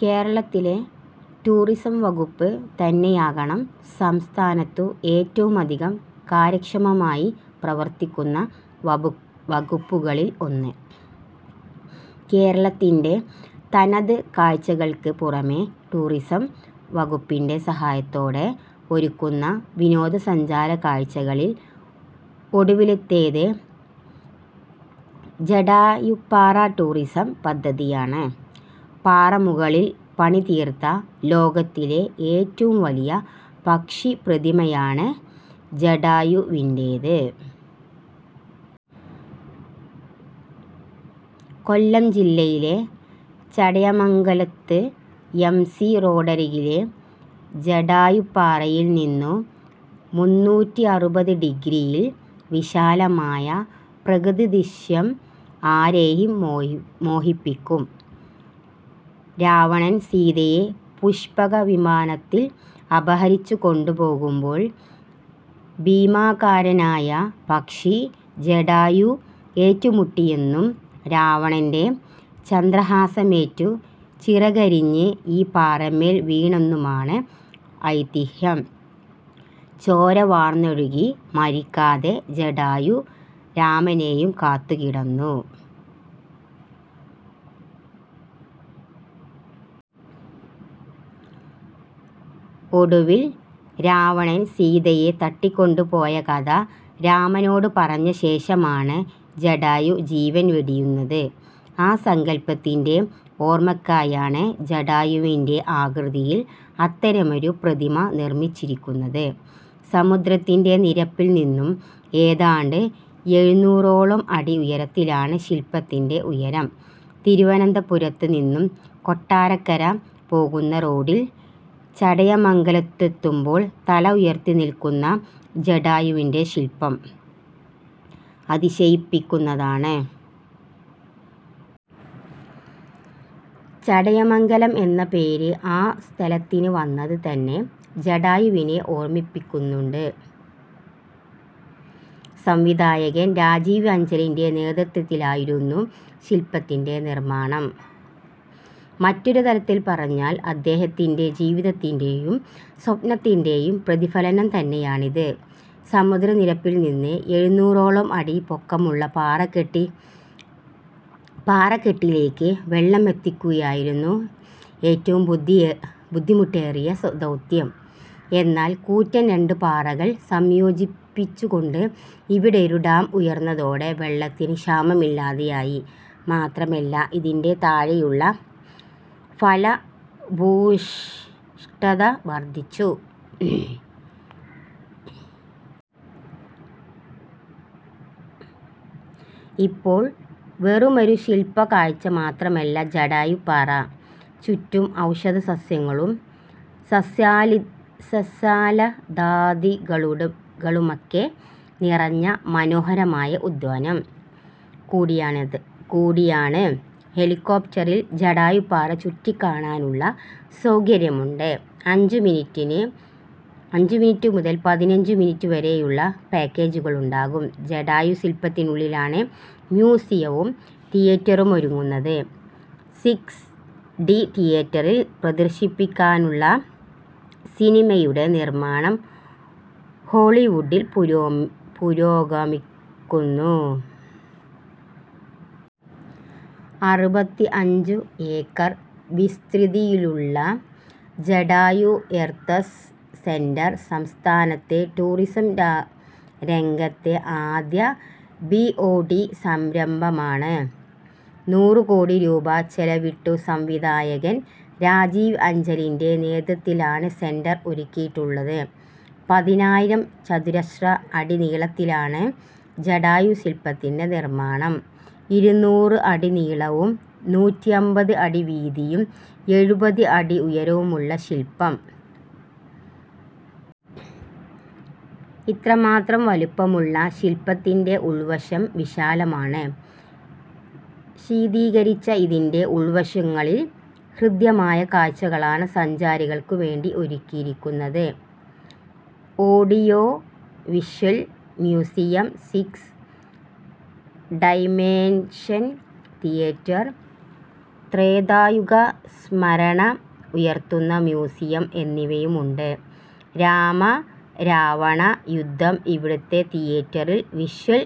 കേരളത്തിലെ ടൂറിസം വകുപ്പ് തന്നെയാകണം സംസ്ഥാനത്തു ഏറ്റവുമധികം കാര്യക്ഷമമായി പ്രവർത്തിക്കുന്ന വകുപ്പുകളിൽ ഒന്ന്. കേരളത്തിന്റെ തനത് കാഴ്ചകൾക്ക് പുറമെ ടൂറിസം വകുപ്പിന്റെ സഹായത്തോടെ ഒരുക്കുന്ന വിനോദ സഞ്ചാര കാഴ്ചകളിൽ ഒടുവിലത്തേത് ജടായുപ്പാറ ടൂറിസം പദ്ധതിയാണ്. പാറമുകളിൽ പണി തീർത്ത ലോകത്തിലെ ഏറ്റവും വലിയ പക്ഷി പ്രതിമയാണ് ജടായുവിന്റേത്. കൊല്ലം ജില്ലയിലെ ചടയമംഗലത്ത് എംസി റോഡരികിലെ ജടായുപ്പാറയിൽനിന്നു മുന്നൂറ്റിഅറുപത് ഡിഗ്രിയിൽ വിശാലമായ പ്രകൃതിദൃശ്യം ആരെയും മോഹിപ്പിക്കും. രാവണൻ സീതയെ പുഷ്പക വിമാനത്തിൽ അപഹരിച്ചു കൊണ്ടുപോകുമ്പോൾ ഭീമാകാരനായ പക്ഷി ജടായു ഏറ്റുമുട്ടിയെന്നും രാവണന്റെ ചന്ദ്രഹാസമേറ്റു ചിറകരിഞ്ഞ് ഈ പാറമേൽ വീണെന്നുമാണ് ഐതിഹ്യം. ചോര വാർന്നൊഴുകി മരിക്കാതെ ജടായു രാമനെയും കാത്തു കിടന്നു. ഒടുവിൽ രാവണൻ സീതയെ തട്ടിക്കൊണ്ടു പോയ കഥ രാമനോട് പറഞ്ഞ ശേഷമാണ് ജടായു ജീവൻ വെടിയുന്നത്. ആ സങ്കൽപ്പത്തിന്റെ ഓർമയ്ക്കായാണ് ജടായുവിന്റെ ആകൃതിയിൽ അത്തരമൊരു പ്രതിമ നിർമിച്ചിരിക്കുന്നത്. സമുദ്രത്തിന്റെ നിരപ്പിൽ നിന്നും ഏതാണ്ട് എഴുന്നൂറോളം അടി ഉയരത്തിലാണ് ശിൽപ്പത്തിന്റെ ഉയരം. തിരുവനന്തപുരത്ത് നിന്നും കൊട്ടാരക്കര പോകുന്ന റോഡിൽ ചടയമംഗലത്തെത്തുമ്പോൾ തല ഉയർത്തി നിൽക്കുന്ന ജടായുവിന്റെ ശിൽപം കാഴ്ചയിൽ അതിശയിപ്പിക്കുന്നതാണ്! ചടയമംഗലം എന്ന പേര് ആ സ്ഥലത്തിന് വന്നത് തന്നെ ജടായുവിനെ ഓർമിപ്പിക്കുന്നുണ്ട്. സംവിധായകൻ രാജീവ് അഞ്ചലിന്റെ നേതൃത്വത്തിലായിരുന്നു ശിൽപ്പത്തിന്റെ നിർമ്മാണം. മറ്റൊരു തരത്തിൽ പറഞ്ഞാൽ അദ്ദേഹത്തിന്റെ ജീവിതത്തിന്റെയും സ്വപ്നത്തിന്റെയും പ്രതിഫലനം തന്നെയാണിത്. സമുദ്രനിരപ്പിൽ നിന്ന് എഴുന്നൂറോളം അടി പൊക്കമുള്ള പാറക്കെട്ടിലേക്ക് വെള്ളമെത്തിക്കുകയായിരുന്നു ഏറ്റവും ബുദ്ധിമുട്ടേറിയ ദൗത്യം, എന്നാൽ കൂറ്റൻ രണ്ട് പാറകൾ സംയോജിപ്പിച്ചു കൊണ്ട് ഇവിടെയൊരു ഡാം ഉയർന്നതോടെ വെള്ളത്തിന് ക്ഷാമമില്ലാതെയായി, മാത്രമല്ല ഇതിന്റെ താഴെയുള്ള ഫലഭൂയിഷ്ഠത വർദ്ധിച്ചു. ഇപ്പോൾ വെറുമൊരു ശിൽപ കാഴ്ച മാത്രമല്ല ജടായുപ്പാറ, ചുറ്റും ഔഷധ സസ്യങ്ങളും സസ്യലതാദികളുമൊക്കെ നിറഞ്ഞ മനോഹരമായ ഉദ്യാനം കൂടിയാണ്. ഹെലികോപ്റ്ററിൽ ജടായുപ്പാറ ചുറ്റിക്കാണാനുള്ള സൗകര്യവുമുണ്ട്. അഞ്ചു മിനിറ്റ് മുതൽ പതിനഞ്ചു മിനിറ്റ് വരെയുളള പാക്കേജുകളുണ്ടാകും. ജടായു ശിൽപത്തിനുള്ളിലാണ് മ്യൂസിയവും തിയറ്ററുമൊരുങ്ങുന്നത്. സിക്സ് ഡി തിയറ്ററിൽ പ്രദർശിപ്പിക്കാനുള്ള സിനിമയുടെ നിർമാണം ഹോളിവുഡിൽ പുരോഗമിക്കുന്നു. അറുപത്തിഅഞ്ചു ഏക്കർ വിസ്തൃതിയിലുള്ള ജടായു എർത്സ് സെന്റർ സംസ്ഥാനത്തെ ടൂറിസം രംഗത്തെ ആദ്യ ബിഒടി സംരംഭമാണ്. നൂറ് കോടി രൂപ ചെലവിട്ടു സംവിധായകൻ രാജീവ് അഞ്ചലിന്റെ നേതൃത്വത്തിലാണു സെന്റർ ഒരുക്കിയിട്ടുള്ളത്. പതിനയ്യായിരം ചതുരശ്ര അടി നീളത്തിലാണ് ജടായു ശിൽപ്പത്തിന്റെ നിർമ്മാണം. ഇരുനൂറ് അടി നീളവും നൂറ്റിഅമ്പത് അടി വീതിയും എഴുപത് അടി ഉയരവുമുള്ള ശിൽപ്പം. ഇത്രമാത്രം വലുപ്പമുള്ള ശിൽപ്പത്തിന്റെ ഉൾവശം വിശാലമാണ്. ശീതീകരിച്ച ഇതിന്റെ ഉൾവശങ്ങളിൽ ഹൃദ്യമായ കാഴ്ചകളാണ് സഞ്ചാരികൾക്കു വേണ്ടി ഒരുക്കിയിരിക്കുന്നത്. Audiovisual museum, six dimension theatre, ത്രേതായുഗ സ്മരണ ഉയർത്തുന്ന മ്യൂസിയം എന്നിവയുമുണ്ട്. രാമ-രാവണ യുദ്ധം ഇവിടുത്തെ തീയേറ്ററിൽ വിഷ്വൽ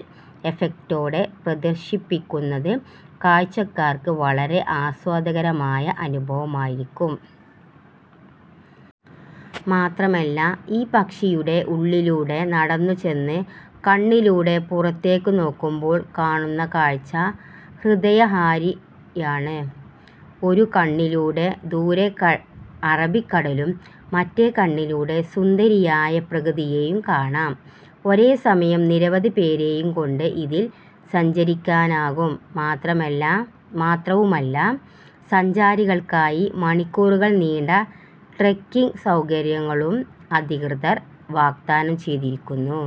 എഫക്ടോടെ പ്രദർശിപ്പിക്കുന്നത് കാഴ്ചക്കാർക്ക് വളരെ ആസ്വാദ്യകരമായ അനുഭവമായിരിക്കും. മാത്രമല്ല ഈ പക്ഷിയുടെ ഉള്ളിലൂടെ നടന്നു ചെന്ന് കണ്ണിലൂടെ പുറത്തേക്ക് നോക്കുമ്പോൾ കാണുന്ന കാഴ്ച ഹൃദയഹാരിയാണ്. ഒരു കണ്ണിലൂടെ ദൂരെ അറബിക്കടലും മറ്റേ കണ്ണിലൂടെ സുന്ദരിയായ പ്രകൃതിയെയും കാണാം. ഒരേ സമയം നിരവധി പേരെയും കൊണ്ട് ഇതിൽ സഞ്ചരിക്കാനാകും. മാത്രവുമല്ല സഞ്ചാരികൾക്കായി മണിക്കൂറുകൾ നീണ്ട ട്രെക്കിങ്ങ് സൗകര്യവും അധികൃതർ വാഗ്ദാനം ചെയ്തിരിക്കുന്നു.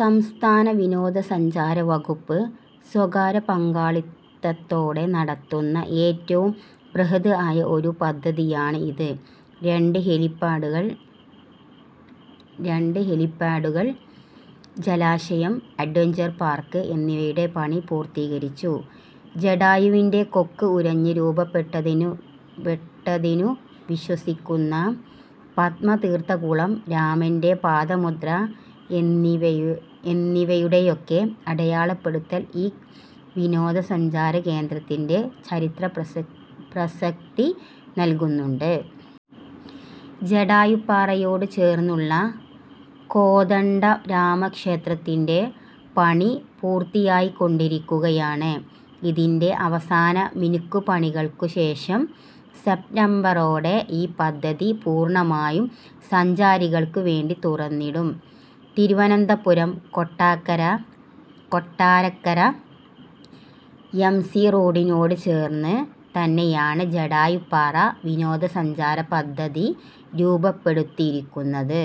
സംസ്ഥാന വിനോദ സഞ്ചാര വകുപ്പ് സ്വകാര്യ പങ്കാളിത്തത്തോടെ നടത്തുന്ന ഏറ്റവും ബൃഹദ് ആയ ഒരു പദ്ധതിയാണ് ഇത്. രണ്ട് ഹെലിപാഡുകൾ, ജലാശയം, അഡ്വഞ്ചർ പാർക്ക്, എന്നിവയുടെ പണി പൂർത്തീകരിച്ചു. ജടായുവിന്റെ കൊക്ക് ഉരഞ്ഞു രൂപപ്പെട്ടതിനു വിശ്വസിക്കുന്ന പദ്മതീർത്ഥക്കുളം, രാമന്റെ പാദമുദ്ര എന്നിവയുടെയൊക്കെ അടയാളപ്പെടുത്തൽ ഈ വിനോദ സഞ്ചാര കേന്ദ്രത്തിന്റെ ചരിത്ര പ്രസക്തി നൽകുന്നുണ്ട്. ജടായുപ്പാറയോടു ചേർന്നുള്ള കോദണ്ഡരാമ ക്ഷേത്രത്തിന്റെ പണി പൂർത്തിയായിക്കൊണ്ടിരിക്കുകയാണ്. ഇതിന്റെ അവസാന മിനുക്കുപണികൾക്കു ശേഷം സെപ്റ്റംബറോടെ ഈ പദ്ധതി പൂർണമായും സഞ്ചാരികൾക്കു വേണ്ടി തുറന്നിടും. തിരുവനന്തപുരം–കൊട്ടാരക്കര എം സി റോഡിനോട് ചേർന്ന് തന്നെയാണ് ജടായുപ്പാറ വിനോദ സഞ്ചാര പദ്ധതി രൂപപ്പെടുത്തിയിരിക്കുന്നത്.